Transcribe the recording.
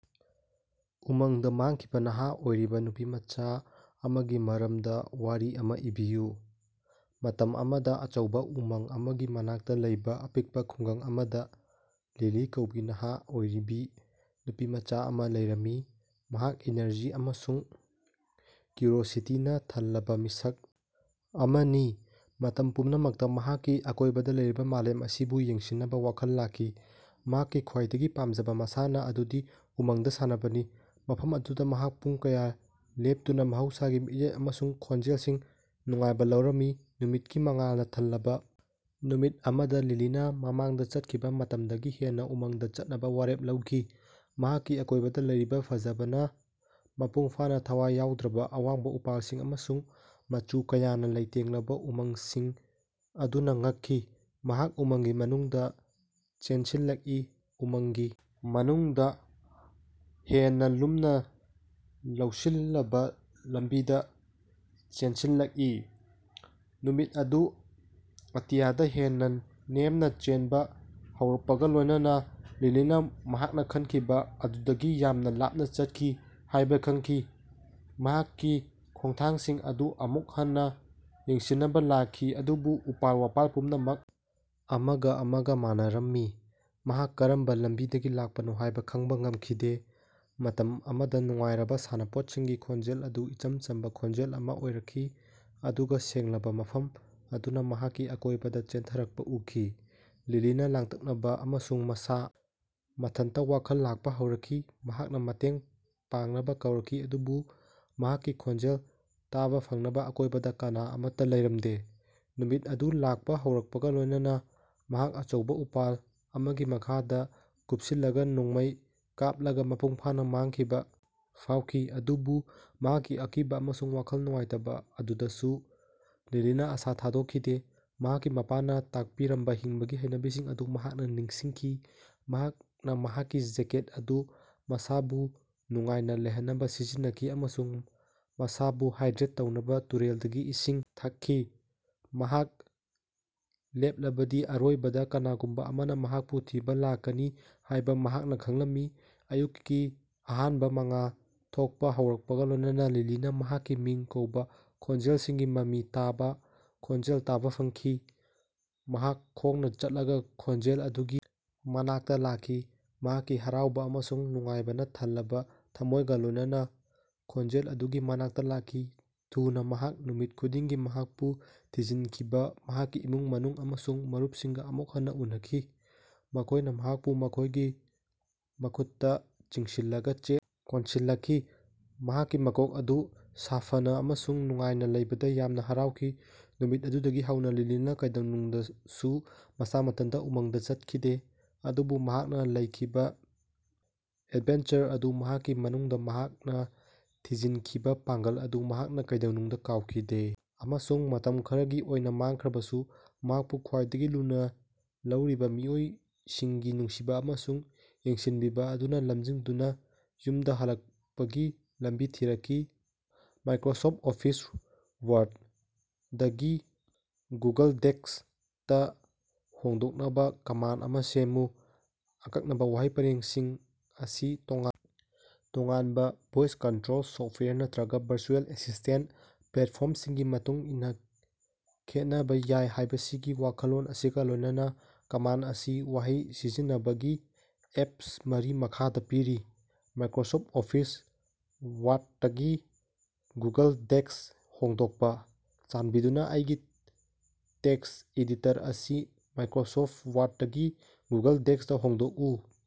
ꯎꯃꯪꯗ ꯃꯥꯡꯈꯤꯕ ꯅꯍꯥ ꯑꯣꯏꯔꯤꯕ ꯅꯨꯄꯤꯃꯆꯥ ꯑꯃꯒꯤ ꯃꯔꯝꯗ ꯋꯥꯔꯤ ꯑꯃ ꯏꯕꯤꯌꯨ꯫ ꯃꯇꯝ ꯑꯃꯗ ꯑꯆꯧꯕ ꯎꯃꯪ ꯑꯃꯒꯤ ꯃꯅꯥꯛꯇ ꯂꯩꯕ ꯑꯄꯤꯛꯄ ꯈꯨꯡꯒꯪ ꯑꯃꯗ ꯂꯤꯂꯤ ꯀꯧꯕꯤ ꯅꯍꯥ ꯑꯣꯏꯔꯤꯕꯤ ꯅꯨꯄꯤꯃꯆꯥ ꯑꯃ ꯂꯩꯔꯝꯃꯤ꯫ ꯃꯍꯥꯛ ꯏꯅꯔꯖꯤ ꯑꯃꯁꯨꯡ ꯀ꯭ꯌꯨꯔꯤꯑꯣꯁꯤꯇꯤꯅ ꯊꯜꯂꯕ ꯃꯤꯁꯛ ꯑꯃꯅꯤ꯫ ꯃꯇꯝ ꯄꯨꯝꯅꯃꯛꯇ ꯃꯍꯥꯛꯀꯤ ꯑꯀꯣꯏꯕꯗ ꯂꯩꯔꯤꯕ ꯃꯥꯂꯦꯝ ꯑꯁꯤꯕꯨ ꯌꯦꯡꯁꯤꯟꯅꯕ ꯋꯥꯈꯜ ꯂꯥꯛꯈꯤ꯫ ꯃꯍꯥꯛꯀꯤ ꯈ꯭ꯋꯥꯏꯗꯒꯤ ꯄꯥꯝꯖꯕ ꯃꯁꯥꯟꯅ ꯑꯗꯨꯗꯤ ꯎꯃꯪꯗ ꯁꯥꯟꯅꯕꯅꯤ꯫ ꯃꯐꯝ ꯑꯗꯨꯗ ꯃꯍꯥꯛ ꯄꯨꯡ ꯀꯌꯥ ꯂꯦꯞꯇꯨꯅ ꯃꯍꯧꯁꯥꯒꯤ ꯃꯤꯠꯌꯦꯡ ꯑꯃꯁꯨꯡ ꯈꯣꯟꯖꯦꯜꯁꯤꯡ ꯅꯨꯡꯉꯥꯏꯕ ꯂꯧꯔꯝꯃꯤ꯫ ꯅꯨꯃꯤꯠꯀꯤ ꯃꯉꯥꯜꯅ ꯊꯜꯂꯕ ꯅꯨꯃꯤꯠ ꯑꯃꯗ ꯂꯤꯂꯤꯅ ꯃꯃꯥꯡꯗ ꯆꯠꯈꯤꯕ ꯃꯇꯝꯗꯒꯤ ꯍꯦꯟꯅ ꯎꯃꯪꯗ ꯆꯠꯅꯕ ꯋꯥꯔꯦꯞ ꯂꯧꯈꯤ꯫ ꯃꯍꯥꯛꯀꯤ ꯑꯀꯣꯏꯕꯗ ꯂꯩꯔꯤꯕ ꯐꯖꯕꯅ ꯃꯄꯨꯡ ꯐꯥꯅ ꯊꯋꯥꯏ ꯌꯥꯎꯗ꯭ꯔꯕ ꯑꯋꯥꯡꯕ ꯎꯄꯥꯜꯁꯤꯡ ꯑꯃꯁꯨꯡ ꯃꯆꯨ ꯀꯌꯥꯅ ꯂꯩꯇꯦꯡꯂꯕ ꯎꯃꯪꯁꯤꯡ ꯑꯗꯨꯅ ꯉꯛꯈꯤ꯫ ꯃꯍꯥꯛ ꯎꯃꯪꯒꯤ ꯃꯅꯨꯡꯗ ꯆꯦꯟꯁꯤꯜꯂꯛꯏ꯫ ꯎꯃꯪꯒꯤ ꯃꯅꯨꯡꯗ ꯍꯦꯟꯅ ꯂꯨꯝꯅ ꯂꯧꯁꯤꯜꯂꯕ ꯂꯝꯕꯤꯗ ꯆꯦꯟꯁꯤꯜꯂꯛꯏ꯫ ꯅꯨꯃꯤꯠ ꯑꯗꯨ ꯑꯇꯤꯌꯥꯗ ꯍꯦꯟꯅ ꯅꯦꯝꯅ ꯆꯦꯟꯕ ꯍꯧꯔꯛꯄꯒ ꯂꯣꯏꯅꯅ ꯂꯤꯂꯤꯅ ꯃꯍꯥꯛꯅ ꯈꯟꯈꯤꯕ ꯑꯗꯨꯗꯒꯤ ꯌꯥꯝꯅ ꯂꯥꯞꯅ ꯆꯠꯈꯤ ꯍꯥꯏꯕ ꯈꯪꯈꯤ꯫ ꯃꯍꯥꯛꯀꯤ ꯈꯣꯡꯊꯥꯡꯁꯤꯡ ꯑꯗꯨ ꯑꯃꯨꯛ ꯍꯟꯅ ꯌꯦꯡꯁꯤꯟꯅꯕ ꯂꯥꯛꯈꯤ ꯑꯗꯨꯕꯨ ꯎꯄꯥꯜ-ꯋꯥꯄꯥꯜ ꯄꯨꯝꯅꯃꯛ ꯑꯃꯒ ꯑꯃꯒ ꯃꯥꯟꯅꯔꯝꯃꯤ꯫ ꯃꯍꯥꯛ ꯀꯔꯝꯕ ꯂꯝꯕꯤꯗꯒꯤ ꯂꯥꯛꯄꯅꯣ ꯍꯥꯏꯕ ꯈꯪꯕ ꯉꯝꯈꯤꯗꯦ꯫ ꯃꯇꯝ ꯑꯃꯗ ꯅꯨꯡꯉꯥꯏꯔꯕ ꯁꯥꯟꯅꯄꯣꯠꯁꯤꯡꯒꯤ ꯈꯣꯟꯖꯦꯜ ꯑꯗꯨ ꯏꯆꯝ ꯆꯝꯕ ꯈꯣꯟꯖꯦꯜ ꯑꯃ ꯑꯣꯏꯔꯛꯈꯤ ꯑꯗꯨꯒ ꯁꯦꯡꯂꯕ ꯃꯐꯝ ꯑꯗꯨꯅ ꯃꯍꯥꯛꯀꯤ ꯑꯀꯣꯏꯕꯗ ꯆꯦꯟꯊꯔꯛꯄ ꯎꯈꯤ꯫ ꯂꯤꯂꯤꯅ ꯂꯥꯡꯇꯛꯅꯕ ꯑꯃꯁꯨꯡ ꯃꯁꯥ ꯃꯊꯟꯇ ꯋꯥꯈꯜ ꯂꯥꯛꯄ ꯍꯧꯔꯛꯈꯤ꯫ ꯃꯍꯥꯛꯅ ꯃꯇꯦꯡ ꯄꯥꯡꯅꯕ ꯀꯧꯔꯛꯈꯤ ꯑꯗꯨꯕꯨ ꯃꯍꯥꯛꯀꯤ ꯈꯣꯟꯖꯦꯜ ꯇꯥꯕ ꯐꯪꯅꯕ ꯑꯀꯣꯏꯕꯗ ꯀꯅꯥ ꯑꯃꯠꯇ ꯂꯩꯔꯝꯗꯦ꯫ ꯅꯨꯃꯤꯠ ꯑꯗꯨ ꯂꯥꯛꯄ ꯍꯧꯔꯛꯄꯒ ꯂꯣꯏꯅꯅ ꯃꯍꯥꯛ ꯑꯆꯧꯕ ꯎꯄꯥꯜ ꯑꯃꯒꯤ ꯃꯈꯥꯗ ꯀꯨꯞꯁꯤꯜꯂꯒ ꯅꯣꯡꯃꯩ ꯀꯥꯞꯂꯒ ꯃꯄꯨꯡ ꯐꯥꯅ ꯃꯥꯡꯈꯤꯕ ꯐꯥꯎꯈꯤ꯫ ꯑꯗꯨꯕꯨ ꯃꯍꯥꯛꯀꯤ ꯑꯀꯤꯕ ꯑꯃꯁꯨꯡ ꯋꯥꯈꯜ ꯅꯨꯡꯉꯥꯏꯇꯕ ꯑꯗꯨꯗꯁꯨ ꯂꯤꯂꯤꯅ ꯑꯁꯥ ꯊꯥꯗꯣꯛꯈꯤꯗꯦ꯫ ꯃꯍꯥꯛꯀꯤ ꯃꯄꯥꯅ ꯇꯥꯛꯄꯤꯔꯝꯕ ꯍꯤꯡꯕꯒꯤ ꯍꯩꯅꯕꯤꯁꯤꯡ ꯑꯗꯨ ꯃꯍꯥꯛꯅ ꯅꯤꯡꯁꯤꯡꯈꯤ꯫ ꯃꯍꯥꯛꯅ ꯃꯍꯥꯛꯀꯤ ꯖꯦꯀꯦꯠ ꯑꯗꯨ ꯃꯁꯥꯕꯨ ꯅꯨꯡꯉꯥꯏꯅ ꯂꯩꯍꯟꯅꯕ ꯁꯤꯖꯤꯟꯅꯈꯤ ꯑꯃꯁꯨꯡ ꯃꯁꯥꯕꯨ ꯍꯥꯏꯗ꯭ꯔꯦꯠ ꯇꯧꯅꯕ ꯇꯨꯔꯦꯜꯗꯒꯤ ꯏꯁꯤꯡ ꯊꯛꯈꯤ꯫ ꯃꯍꯥꯛ ꯂꯦꯞꯂꯕꯗꯤ ꯑꯔꯣꯏꯕꯗ ꯀꯅꯥꯒꯨꯝꯕ ꯑꯃꯅ ꯃꯍꯥꯛꯄꯨ ꯊꯤꯕ ꯂꯥꯛꯀꯅꯤ ꯍꯥꯏꯕ ꯃꯍꯥꯛꯅ ꯈꯪꯂꯝꯃꯤ꯫ ꯑꯌꯨꯛꯀꯤ ꯑꯍꯥꯟꯕ ꯃꯉꯥꯜ ꯊꯣꯛꯄ ꯍꯧꯔꯛꯄꯒ ꯂꯣꯏꯅꯅ ꯂꯤꯂꯤꯅ ꯃꯍꯥꯛꯀꯤ ꯃꯤꯡ ꯀꯧꯕ ꯈꯣꯟꯖꯦꯜꯁꯤꯡꯒꯤ ꯃꯃꯤ ꯇꯥꯕ, ꯈꯣꯟꯖꯦꯜ ꯇꯥꯕ ꯐꯪꯈꯤ꯫ ꯃꯍꯥꯛ ꯈꯣꯡꯅ ꯆꯠꯂꯒ ꯈꯣꯟꯖꯦꯜ ꯑꯗꯨꯒꯤ ꯃꯅꯥꯛꯇ ꯂꯥꯛꯈꯤ꯫ ꯃꯍꯥꯛꯀꯤ ꯍꯔꯥꯎꯕ ꯑꯃꯁꯨꯡ ꯅꯨꯡꯉꯥꯏꯕꯅ ꯊꯜꯂꯕ ꯊꯃꯣꯏꯒ ꯂꯣꯏꯅꯅ ꯈꯣꯟꯖꯦꯜ ꯑꯗꯨꯒꯤ ꯃꯅꯥꯛꯇ ꯂꯥꯛꯈꯤ꯫ ꯊꯨꯅ ꯃꯍꯥꯛ ꯅꯨꯃꯤꯠ ꯈꯨꯗꯤꯡꯒꯤ ꯃꯍꯥꯛꯄꯨ ꯊꯤꯖꯤꯟꯈꯤꯕ ꯃꯍꯥꯛꯀꯤ ꯏꯃꯨꯡ ꯃꯅꯨꯡ ꯑꯃꯁꯨꯡ ꯃꯔꯨꯞꯁꯤꯡꯒ ꯑꯃꯨꯛ ꯍꯟꯅ ꯎꯅꯈꯤ꯫ ꯃꯈꯣꯏꯅ ꯃꯍꯥꯛꯄꯨ ꯃꯈꯣꯏꯒꯤ ꯃꯈꯨꯠꯇ ꯆꯤꯡꯁꯤꯜꯂꯒ ꯆꯦꯠ ꯀꯣꯟꯁꯤꯜꯂꯛꯈꯤ꯫ ꯃꯍꯥꯛꯀꯤ ꯃꯀꯣꯛ ꯑꯗꯨ ꯁꯥꯐꯅ ꯑꯃꯁꯨꯡ ꯅꯨꯡꯉꯥꯏꯅ ꯂꯩꯕꯗ ꯌꯥꯝꯅ ꯍꯔꯥꯎꯈꯤ꯫ ꯅꯨꯃꯤꯠ ꯑꯗꯨꯗꯒꯤ ꯍꯧꯅ ꯂꯤꯂꯤꯅ ꯀꯩꯗꯧꯉꯩꯗꯁꯨ ꯃꯁꯥ ꯃꯊꯟꯇ ꯎꯃꯪꯗ ꯆꯠꯈꯤꯗꯦ꯫ ꯑꯗꯨꯕꯨ ꯃꯍꯥꯛꯅ ꯂꯩꯈꯤꯕ ꯑꯦꯗꯚꯦꯟꯆꯔ ꯑꯗꯨ ꯃꯍꯥꯛꯀꯤ ꯃꯅꯨꯡꯗ ꯃꯍꯥꯛꯅ ꯊꯤꯖꯤꯟꯈꯤꯕ ꯄꯥꯡꯒꯜ ꯑꯗꯨ ꯃꯍꯥꯛꯅ ꯀꯩꯗꯧꯅꯨꯡꯗ ꯀꯥꯎꯈꯤꯗꯦ꯫ ꯑꯃꯁꯨꯡ ꯃꯇꯝ ꯈꯔꯒꯤ ꯑꯣꯏꯅ ꯃꯥꯡꯈ꯭ꯔꯕꯁꯨ ꯃꯍꯥꯛꯄꯨ ꯈ꯭ꯋꯥꯏꯗꯒꯤ ꯂꯨꯅ ꯂꯧꯔꯤꯕ ꯃꯤꯑꯣꯏꯁꯤꯡꯒꯤ ꯅꯨꯡꯁꯤꯕ ꯑꯃꯁꯨꯡ ꯌꯦꯡꯁꯤꯟꯕꯤꯕ ꯑꯗꯨꯅ ꯂꯝꯖꯤꯡꯗꯨꯅ ꯌꯨꯃꯗ ꯍꯜꯂꯛꯄꯒꯤ ꯂꯝꯕꯤ ꯊꯤꯔꯛꯈꯤ꯫ "ꯃꯥꯏꯀ꯭ꯔꯣꯁꯣꯐꯠ ꯑꯣꯐꯤꯁ ꯋꯥꯔꯗ"ꯗꯒꯤ "ꯒꯨꯒꯜ ꯗꯣꯛꯁ"ꯇ ꯍꯣꯡꯗꯣꯛꯅꯕ ꯀꯃꯥꯟꯗ ꯑꯃ ꯁꯦꯝꯃꯨ꯫ ꯑꯀꯛꯅꯕ ꯋꯥꯍꯩ ꯄꯔꯦꯡꯁꯤꯡ ꯑꯁꯤ ꯇꯣꯉꯥꯟ ꯇꯣꯉꯥꯟꯕ ꯚꯣꯏꯁ ꯀꯟꯇ꯭ꯔꯣꯜ ꯁꯣꯐꯠꯋꯦꯌꯔ ꯅꯠꯇ꯭ꯔꯒ ꯚꯔꯆꯨꯑꯦꯜ ꯑꯦꯁꯤꯁꯇꯦꯟꯇ ꯄ꯭ꯂꯦꯠꯐꯣꯔꯝꯁꯤꯡꯒꯤ ꯃꯇꯨꯡ ꯏꯟꯅ ꯈꯦꯠꯅꯕ ꯌꯥꯏ ꯍꯥꯏꯕꯁꯤꯒꯤ ꯋꯥꯈꯜꯂꯣꯟ ꯑꯁꯤꯒ ꯂꯣꯏꯅꯅ ꯀꯃꯥꯟꯗ ꯑꯁꯤ ꯋꯥꯍꯩ ꯁꯤꯖꯤꯟꯅꯕꯒꯤ ꯑꯦꯞꯁ ꯃꯔꯤ ꯃꯈꯥꯗ ꯄꯤꯔꯤ: "ꯃꯥꯏꯀ꯭ꯔꯣꯁꯣꯐꯠ ꯑꯣꯐꯤꯁ ꯋꯥꯔꯗꯇꯒꯤ ꯒꯨꯒꯜ ꯗꯣꯛꯁꯇ ꯍꯣꯡꯗꯣꯛꯄ", "ꯆꯥꯟꯕꯤꯗꯨꯅ ꯑꯩꯒꯤ ꯇꯦꯛꯁ ꯑꯦꯗꯤꯇꯔ ꯑꯁꯤ ꯃꯥꯏꯀ꯭ꯔꯣꯁꯣꯐꯠ ꯋꯥꯔꯗꯇꯒꯤ ꯒꯨꯒꯜ ꯗꯣꯛꯁꯇ ꯍꯣꯡꯗꯣꯛꯎ"꯫